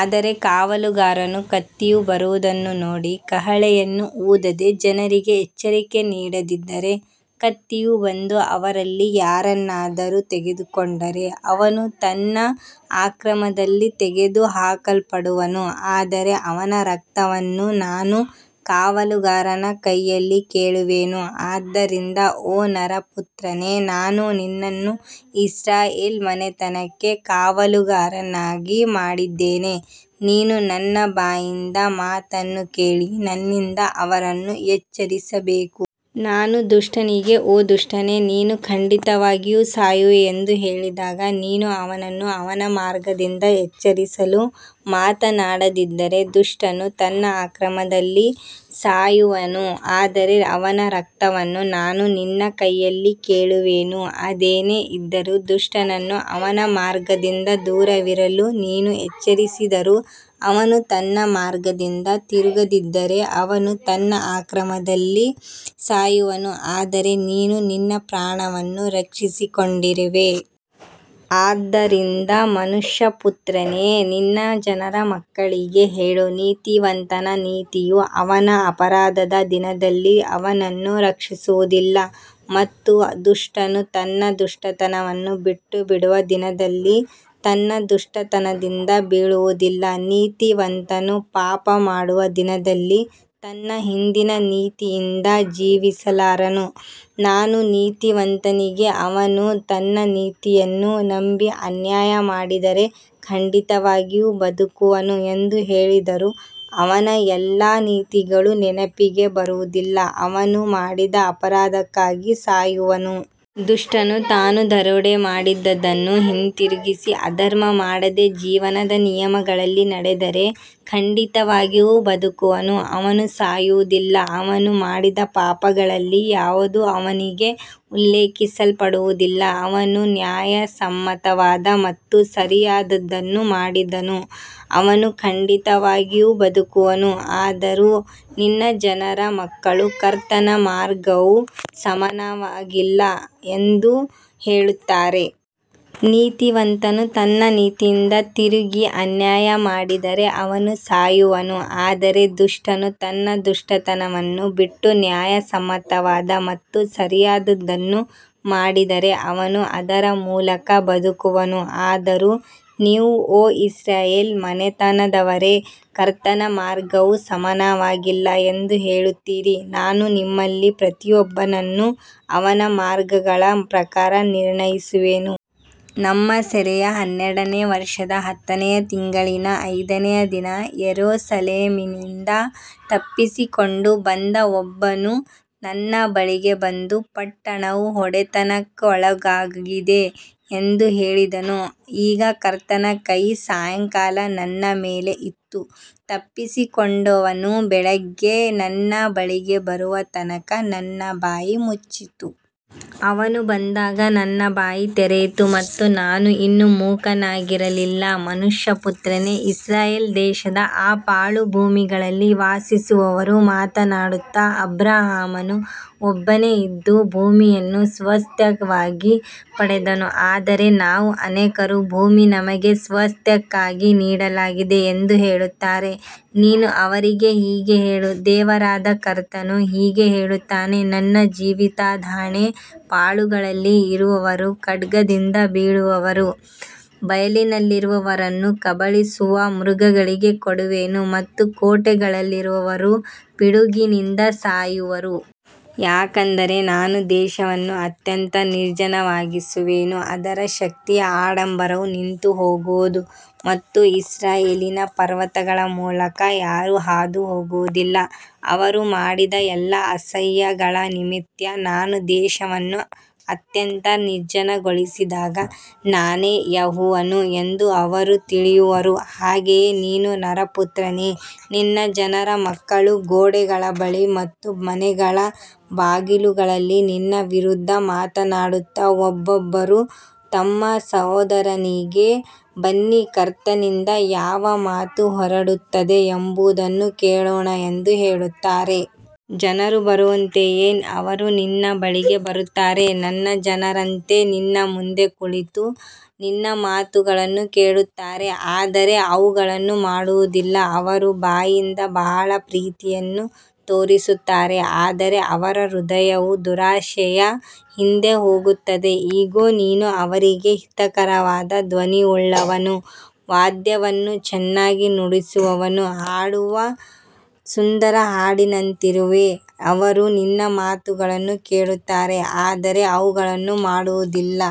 ಆದರೆ ಕಾವಲುಗಾರನು ಕತ್ತಿಯು ಬರುವುದನ್ನು ನೋಡಿ ಕಹಳೆಯನ್ನು ಊದದೆ ಜನರಿಗೆ ಎಚ್ಚರಿಕೆ ನೀಡದಿದ್ದರೆ, ಕತ್ತಿಯು ಬಂದು ಅವರಲ್ಲಿ ಯಾರನ್ನಾದರೂ ತೆಗೆದುಕೊಂಡರೆ ಅವನು ತನ್ನ ಅಕ್ರಮದಲ್ಲಿ ತೆಗೆದುಹಾಕಲ್ಪಡುವನು, ಆದರೆ ಅವನ ರಕ್ತವನ್ನು ನಾನು ಕಾವಲುಗಾರನ ಕೈಯಲ್ಲಿ ಕೇಳುವೆನು. ಆದ್ದರಿಂದ ಓ ನರಪುತ್ರನೇ, ನಾನು ನಿನ್ನನ್ನು ಇಸ್ರಾಯೇಲ್ ಮನೆತನಕ್ಕೆ ಕಾವಲುಗಾರನನ್ನಾಗಿ ಮಾಡಿದ್ದೇನೆ, ನೀನು ನನ್ನ ಬಾಯಿಂದ ಮಾತನ್ನು ಕೇಳಿ ನನ್ನಿಂದ ಅವರನ್ನು ಎಚ್ಚರಿಸಬೇಕು. ನಾನು ದುಷ್ಟನಿಗೆ, ಓ ದುಷ್ಟನೇ, ನೀನು ಖಂಡಿತವಾಗಿಯೂ ಸಾಯುವೆ ಎಂದು ಹೇಳಿದಾಗ, ನೀನು ಅವನನ್ನು ಅವನ ಮಾರ್ಗದಿಂದ ಎಚ್ಚರಿಸಲು ಮಾತನಾಡದಿದ್ದರೆ ದುಷ್ಟನು ತನ್ನ ಅಕ್ರಮದಲ್ಲಿ ಸಾಯುವನು, ಆದರೆ ಅವನ ರಕ್ತವನ್ನು ನಾನು ನಿನ್ನ ಕೈಯಲ್ಲಿ ಕೇಳುವೆನು. ಅದೇನೇ ಇದ್ದರೂ, ದುಷ್ಟನನ್ನು ಅವನ ಮಾರ್ಗದಿಂದ ದೂರವಿರಲು ನೀನು ಎಚ್ಚರಿಸಿದರೂ ಅವನು ತನ್ನ ಮಾರ್ಗದಿಂದ ತಿರುಗದಿದ್ದರೆ, ಅವನು ತನ್ನ ಅಕ್ರಮದಲ್ಲಿ ಸಾಯುವನು, ಆದರೆ ನೀನು ನಿನ್ನ ಪ್ರಾಣವನ್ನು ರಕ್ಷಿಸಿಕೊಂಡಿರುವೆ. ಆದ್ದರಿಂದ ಮನುಷ್ಯಪುತ್ರನೇ, ನಿನ್ನ ಜನರ ಮಕ್ಕಳಿಗೆ ಹೇಳು, ನೀತಿವಂತನ ನೀತಿಯು ಅವನ ಅಪರಾಧದ ದಿನದಲ್ಲಿ ಅವನನ್ನು ರಕ್ಷಿಸುವುದಿಲ್ಲ ಮತ್ತು ದುಷ್ಟನು ತನ್ನ ದುಷ್ಟತನವನ್ನು ಬಿಟ್ಟುಬಿಡುವ ದಿನದಲ್ಲಿ ತನ್ನ ದುಷ್ಟತನದಿಂದ ಬೀಳುವುದಿಲ್ಲ. ನೀತಿವಂತನು ಪಾಪಮಾಡುವ ದಿನದಲ್ಲಿ ತನ್ನ ಹಿಂದಿನ ನೀತಿಯಿಂದ ಜೀವಿಸಲಾರನು. ನಾನು ನೀತಿವಂತನಿಗೆ, ಅವನು ತನ್ನ ನೀತಿಯನ್ನು ನಂಬಿ ಅನ್ಯಾಯ ಮಾಡಿದರೆ ಖಂಡಿತವಾಗಿಯೂ ಬದುಕುವನು ಎಂದು ಹೇಳಿದರೂ, ಅವನ ಎಲ್ಲಾ ನೀತಿಗಳು ನೆನಪಿಗೆ ಬರುವುದಿಲ್ಲ, ಅವನು ಮಾಡಿದ ಅಪರಾಧಕ್ಕಾಗಿ ಸಾಯುವನು. ದುಷ್ಟನು ತಾನು ದರೋಡೆ ಮಾಡಿದದ್ದನ್ನು ಹಿಂದಿರುಗಿಸಿ, ಅಧರ್ಮ ಮಾಡದೆ ಜೀವನದ ನಿಯಮಗಳಲ್ಲಿ ನಡೆದರೆ ಖಂಡಿತವಾಗಿಯೂ ಬದುಕುವನು, ಅವನು ಸಾಯುವುದಿಲ್ಲ. ಅವನು ಮಾಡಿದ ಪಾಪಗಳಲ್ಲಿ ಯಾವುದೂ ಅವನಿಗೆ ಉಲ್ಲೇಖಿಸಲ್ಪಡುವುದಿಲ್ಲ, ಅವನು ನ್ಯಾಯಸಮ್ಮತವಾದ ಮತ್ತು ಸರಿಯಾದದ್ದನ್ನು ಮಾಡಿದನು, ಅವನು ಖಂಡಿತವಾಗಿಯೂ ಬದುಕುವನು. ಆದರೂ ನಿನ್ನ ಜನರ ಮಕ್ಕಳು, ಕರ್ತನ ಮಾರ್ಗವು ಸಮಾನವಾಗಿಲ್ಲ ಎಂದು ಹೇಳುತ್ತಾರೆ. ನೀತಿವಂತನು ತನ್ನ ನೀತಿಯಿಂದ ತಿರುಗಿ ಅನ್ಯಾಯ ಮಾಡಿದರೆ ಅವನು ಸಾಯುವನು, ಆದರೆ ದುಷ್ಟನು ತನ್ನ ದುಷ್ಟತನವನ್ನು ಬಿಟ್ಟು ನ್ಯಾಯಸಮ್ಮತವಾದ ಮತ್ತು ಸರಿಯಾದದ್ದನ್ನು ಮಾಡಿದರೆ ಅವನು ಅದರ ಮೂಲಕ ಬದುಕುವನು. ಆದರೂ ನೀವು, ಓ ಇಸ್ರಾಯೇಲ್ ಮನೆತನದವರೇ, ಕರ್ತನ ಮಾರ್ಗವು ಸಮಾನವಾಗಿಲ್ಲ ಎಂದು ಹೇಳುತ್ತೀರಿ. ನಾನು ನಿಮ್ಮಲ್ಲಿ ಪ್ರತಿಯೊಬ್ಬನನ್ನೂ ಅವನ ಮಾರ್ಗಗಳ ಪ್ರಕಾರ ನಿರ್ಣಯಿಸುವೆನು. ನಮ್ಮ ಸೆರೆಯ ಹನ್ನೆರಡನೆಯ ವರ್ಷದ ಹತ್ತನೆಯ ತಿಂಗಳಿನ ಐದನೆಯ ದಿನ ಯೆರೂಸಲೇಮಿನಿಂದ ತಪ್ಪಿಸಿಕೊಂಡು ಬಂದ ಒಬ್ಬನು ನನ್ನ ಬಳಿಗೆ ಬಂದು, ಪಟ್ಟಣವು ಹೊಡೆತಕ್ಕೊಳಗಾಗಿದೆ ಎಂದು ಹೇಳಿದನು. ಈಗ ಕರ್ತನ ಕೈ ಸಾಯಂಕಾಲ ನನ್ನ ಮೇಲೆ ಇತ್ತು, ತಪ್ಪಿಸಿಕೊಂಡವನು ಬೆಳಿಗ್ಗೆ ನನ್ನ ಬಳಿಗೆ ಬರುವ ತನಕ ನನ್ನ ಬಾಯಿ ಮುಚ್ಚಿತ್ತು. ಅವನು ಬಂದಾಗ ನನ್ನ ಬಾಯಿ ತೆರೆಯಿತು ಮತ್ತು ನಾನು ಇನ್ನು ಮೂಕನಾಗಿರಲಿಲ್ಲ. ಮನುಷ್ಯಪುತ್ರನೇ, ಇಸ್ರಾಯೇಲ್ ದೇಶದ ಆ ಪಾಳುಭೂಮಿಗಳಲ್ಲಿ ವಾಸಿಸುವವರು ಮಾತನಾಡುತ್ತಾ, ಅಬ್ರಹಾಮನು ಒಬ್ಬನೇ ಇದ್ದು ಭೂಮಿಯನ್ನು ಸ್ವಾಸ್ತ್ಯವಾಗಿ ಪಡೆದನು, ಆದರೆ ನಾವು ಅನೇಕರು, ಭೂಮಿ ನಮಗೆ ಸ್ವಾಸ್ತ್ಯಕ್ಕಾಗಿ ನೀಡಲಾಗಿದೆ ಎಂದು ಹೇಳುತ್ತಾರೆ. ನೀನು ಅವರಿಗೆ ಹೀಗೆ ಹೇಳು, ದೇವರಾದ ಕರ್ತನು ಹೀಗೆ ಹೇಳುತ್ತಾನೆ, ನನ್ನ ಜೀವಿತದಾಣೆ, ಪಾಳುಗಳಲ್ಲಿ ಇರುವವರು ಖಡ್ಗದಿಂದ ಬೀಳುವರು, ಬಯಲಿನಲ್ಲಿರುವವರನ್ನು ಕಬಳಿಸುವ ಮೃಗಗಳಿಗೆ ಕೊಡುವೆನು ಮತ್ತು ಕೋಟೆಗಳಲ್ಲಿರುವವರು ಪಿಡುಗಿನಿಂದ ಸಾಯುವರು. ಯಾಕಂದರೆ ನಾನು ದೇಶವನ್ನು ಅತ್ಯಂತ ನಿರ್ಜನವಾಗಿಸುವೆನು, ಅದರ ಶಕ್ತಿಯ ಆಡಂಬರವು ನಿಂತುಹೋಗುವುದು ಮತ್ತು ಇಸ್ರಾಯೇಲಿನ ಪರ್ವತಗಳ ಮೂಲಕ ಯಾರೂ ಹಾದುಹೋಗುವುದಿಲ್ಲ. ಅವರು ಮಾಡಿದ ಎಲ್ಲಾ ಅಸಹ್ಯಗಳ ನಿಮಿತ್ತ ನಾನು ದೇಶವನ್ನು ಅತ್ಯಂತ ನಿರ್ಜನಗೊಳಿಸಿದಾಗ ನಾನೇ ಯೆಹೋವನು ಎಂದು ಅವರು ತಿಳಿಯುವರು. ಹಾಗೆಯೇ ನೀನು ನರಪುತ್ರನೇ, ನಿನ್ನ ಜನರ ಮಕ್ಕಳು ಗೋಡೆಗಳ ಬಳಿ ಮತ್ತು ಮನೆಗಳ ಬಾಗಿಲುಗಳಲ್ಲಿ ನಿನ್ನ ವಿರುದ್ಧ ಮಾತನಾಡುತ್ತಾ, ಒಬ್ಬೊಬ್ಬರು ತಮ್ಮ ಸಹೋದರನಿಗೆ, ಬನ್ನಿ, ಕರ್ತನಿಂದ ಯಾವ ಮಾತು ಹೊರಡುತ್ತದೆ ಎಂಬುದನ್ನು ಕೇಳೋಣ ಎಂದು ಹೇಳುತ್ತಾರೆ. ಜನರು ಬರುವಂತೆಯೇ ಅವರು ನಿನ್ನ ಬಳಿಗೆ ಬರುತ್ತಾರೆ, ನನ್ನ ಜನರಂತೆ ನಿನ್ನ ಮುಂದೆ ಕುಳಿತು ನಿನ್ನ ಮಾತುಗಳನ್ನು ಕೇಳುತ್ತಾರೆ, ಆದರೆ ಅವುಗಳನ್ನು ಮಾಡುವುದಿಲ್ಲ. ಅವರು ಬಾಯಿಂದ ಬಹಳ ಪ್ರೀತಿಯನ್ನು ತೋರಿಸುತ್ತಾರೆ, ಆದರೆ ಅವರ ಹೃದಯವು ದುರಾಶೆಯ ಹಿಂದೆ ಹೋಗುತ್ತದೆ. ಇಗೋ, ನೀನು ಅವರಿಗೆ ಹಿತಕರವಾದ ಧ್ವನಿಯುಳ್ಳವನೂ ವಾದ್ಯವನ್ನು ಚೆನ್ನಾಗಿ ನುಡಿಸುವವನೂ ಹಾಡುವ ಸುಂದರ ಹಾಡಿನಂತಿರುವೆ. ಅವರು ನಿನ್ನ ಮಾತುಗಳನ್ನು ಕೇಳುತ್ತಾರೆ, ಆದರೆ ಅವುಗಳನ್ನು ಮಾಡುವುದಿಲ್ಲ.